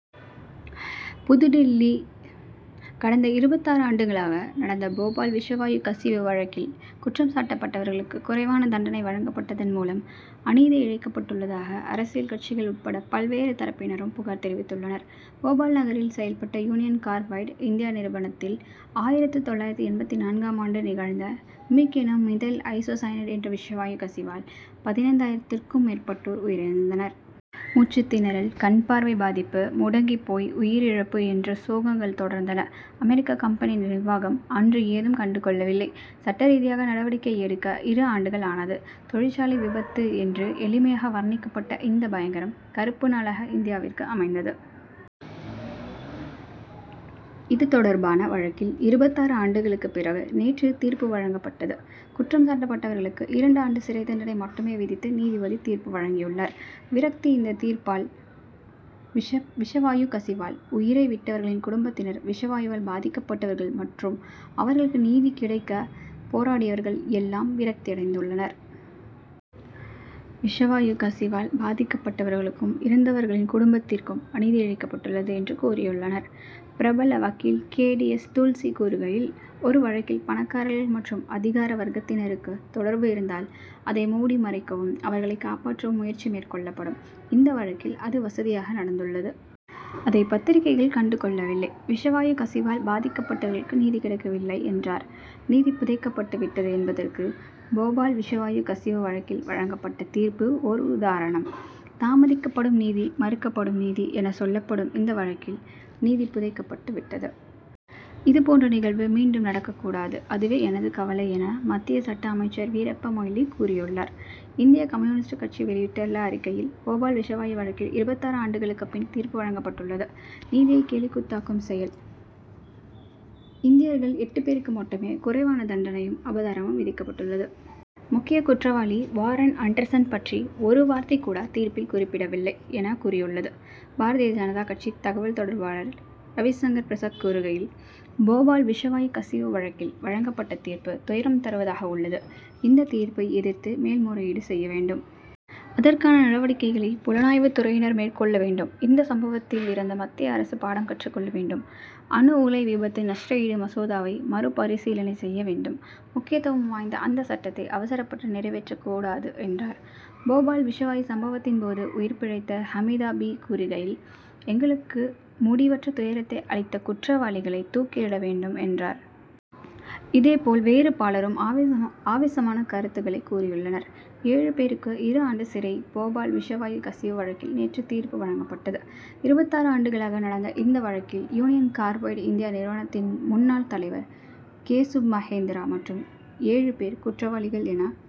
புதுடில்லி கடந்த இருபத்தாறு ஆண்டுகளாக நடந்தபோபால் விஷவாயு கசிவு வழக்கில், குற்றம் சாட்டப்பட்டவர்களுக்கு குறைவான தண்டனை வழங்கப்பட்டதன் மூலம் அநீதி இழைக்கப் பட்டுள்ளதாக அரசியல் கட்சிகள் உட்பட பல்வேறு தரப்பினரும் புகார் தெரிவித்துள்ளனர். போபால் நகரில் செயல் பட்ட யூனியன் கார்பைடு இந்தியா நிறுவனத்தில், ஆயிரத்து தொள்ளாயிரத்து எண்பத்து நான்காம் ஆண்டு நிகழ்ந்த, மிக் என்னும் மிதைல் ஐசோ சயனைடு என்ற விஷவாயு கசிவால், பதினைந்தாயிரத்திற்கும் மேற்பட்டோர் உயிரிழந்தனர். மூச்சுத்திணறல், கண் பார்வை பாதிப்பு, முடங்கிப் போய் உயிர்இழப்பு என்று சோகங்கள் தொடர்ந்தன. அமெரிக்க கம்பெனி நிர்வாகம் அன்று ஏதும் கண்டு கொள்ளவில்லை. சட்டரீதியாக நடவடிக்கை எடுக்க இரு ஆண்டுகள் ஆனது. தொழிற்சாலை விபத்து என்று எளிமையாக வர்ணிக்கப்பட்ட இந்த பயங்கரம், கறுப்பு நாளாக இந்தியாவுக்கு அமைந்தது. இதுதொடர்பான வழக்கில் இருபத்தாறு ஆண்டுகளுக்கு பிறகு நேற்று தீர்ப்பு வழங்கப் பட்டது. குற்றம் சாட்டப் பட்டவர்களுக்கு இரண்டு ஆண்டு சிறைத் தண்டனை மட்டுமே விதித்து நீதிபதி தீர்ப்பு வழங்கியுள்ளார். விரக்தி இந்த தீர்ப்பால், விஷ விஷவாயு கசிவால் உயிரை விட்டவர்களின் குடும்பத் தினர், விஷவாயுவால் பாதிக்கப்பட்டவர்கள் மற்றும் அவர்களுக்கு நீதி கிடைக்க போராடியவர்கள் எல்லாம் விரக்தி அடைந்துள்ளனர். விஷவாயு கசிவால் பாதிக்கப் பட்டவர்களுக்கும், இறந்தவர்களின் குடும்பத்திற்கும் அநீதிஇழைக்கப் பட்டுள்ளது என்று கூறியுள்ளனர். பிரபலவக்கீல் கே. டி. எஸ். துல்சி கூறுகையில், ஒரு வழக்கில் பணக்காரர்கள் மற்றும் அதிகார வர்க்கத்தினருக்கு தொடர்பு இருந்தால், அதை மூடி மறைக்கவும், அவர்களை காப்பாற்றவும் முயற்சி மேற்கொள்ளப்படும். இந்த வழக்கில் அது வசதியாக நடந்துள்ளது. அதைப் பத்திரிகைகள் கண்டு கொள்ளவில்லை. விஷவாயு கசிவால் பாதிக்கப்பட்டவர்களுக்கு நீதி கிடைக்கவில்லை என்றார். நீதி புதைக்கப்பட்டு விட்டது என்பதற்கு போபால் விஷவாயு கசிவு வழக்கில் வழங்கப்பட்ட தீர்ப்பு ஒரு உதாரணம். தாமதிக்கப்படும் நீதி, மறுக்கப்படும் நீதி என, சொல்லப்படும். இந்த வழக்கில் நீதி புதைக்கப் பட்டு விட்டது. இதுபோன்ற நிகழ்வு மீண்டும் நடக்கக் கூடாது. அதுவே எனது கவலை என, மத்திய சட்ட அமைச்சர் வீரப்ப மொய்லி கூறியுள்ளார். இந்திய கம்யூனிஸ்ட் கட்சி வெளியிட்டுள்ள அறிக்கையில், போபால் விஷவாயு வழக்கில் இருபத்தாறு ஆண்டுகளுக்குப் பின் தீர்ப்புவழங்கப் பட்டுள்ளது நீதியை கேலிக் கூத்தாக்கும் செயல். இந்தியர்கள் எட்டு பேருக்கு மட்டுமே குறைவான தண்டனையும், அபராதமும் விதிக்கப்பட்டுள்ளது. முக்கிய குற்றவாளி வாரன் ஆண்டர்சன் பற்றி ஒரு வார்த்தை கூட தீர்ப்பில் குறிப்பிடப்படவில்லை என, கூறியுள்ளது. பாரதிய ஜனதா கட்சி தகவல் தொடர்பாளர் ரவிசங்கர் பிரசாத் கூறுகையில், போபால் விஷவாயு கசிவு வழக்கில் வழங்கப்பட்ட தீர்ப்பு துயரம் தருவதாக உள்ளது. இந்தத் தீர்ப்பை எதிர்த்து மேல் முறையீடு செய்ய வேண்டும். அதற்கான நடவடிக்கைகளை புலனாய்வுத் துறையினர் மேற்கொள்ள வேண்டும். இந்த சம்பவத்தில் இருந்து மத்திய அரசு பாடம் கற்றுக் கொள்ள வேண்டும். அணு உலை விபத்து நஷ்டஈடு மசோதாவை மறுபரிசீலனை செய்ய வேண்டும். முக்கியத்துவம் வாய்ந்த அந்தச் சட்டத்தை அவசரப்பட்டு நிறைவேற்றக் கூடாது என்றார். போபால் விஷவாயு சம்பவத்தின் போது, உயிர் பிழைத்த ஹமீதா பீ கூறுகையில், எங்களுக்கு முடிவற்ற துயரத்தை அளித்த குற்றவாளிகளை தூக்கிலிட வேண்டும் என்றார். இதேபோல், வேறு பலரும் ஆவேசமான கருத்துக்களைக் கூறியுள்ளனர். ஏழு பேருக்கு இரு ஆண்டு சிறை போபால் விஷவாயு கசிவு வழக்கில் நேற்று தீர்ப்பு வழங்கப்பட்டது. இருபத்தாறு ஆண்டுகளாக நடந்த இந்த வழக்கில், யூனியன் கார்பைடு இந்தியா நிறுவனத்தின் முன்னாள் தலைவர் கேசுப் மகேந்திரா மற்றும் ஏழு பேர் குற்றவாளிகள் என,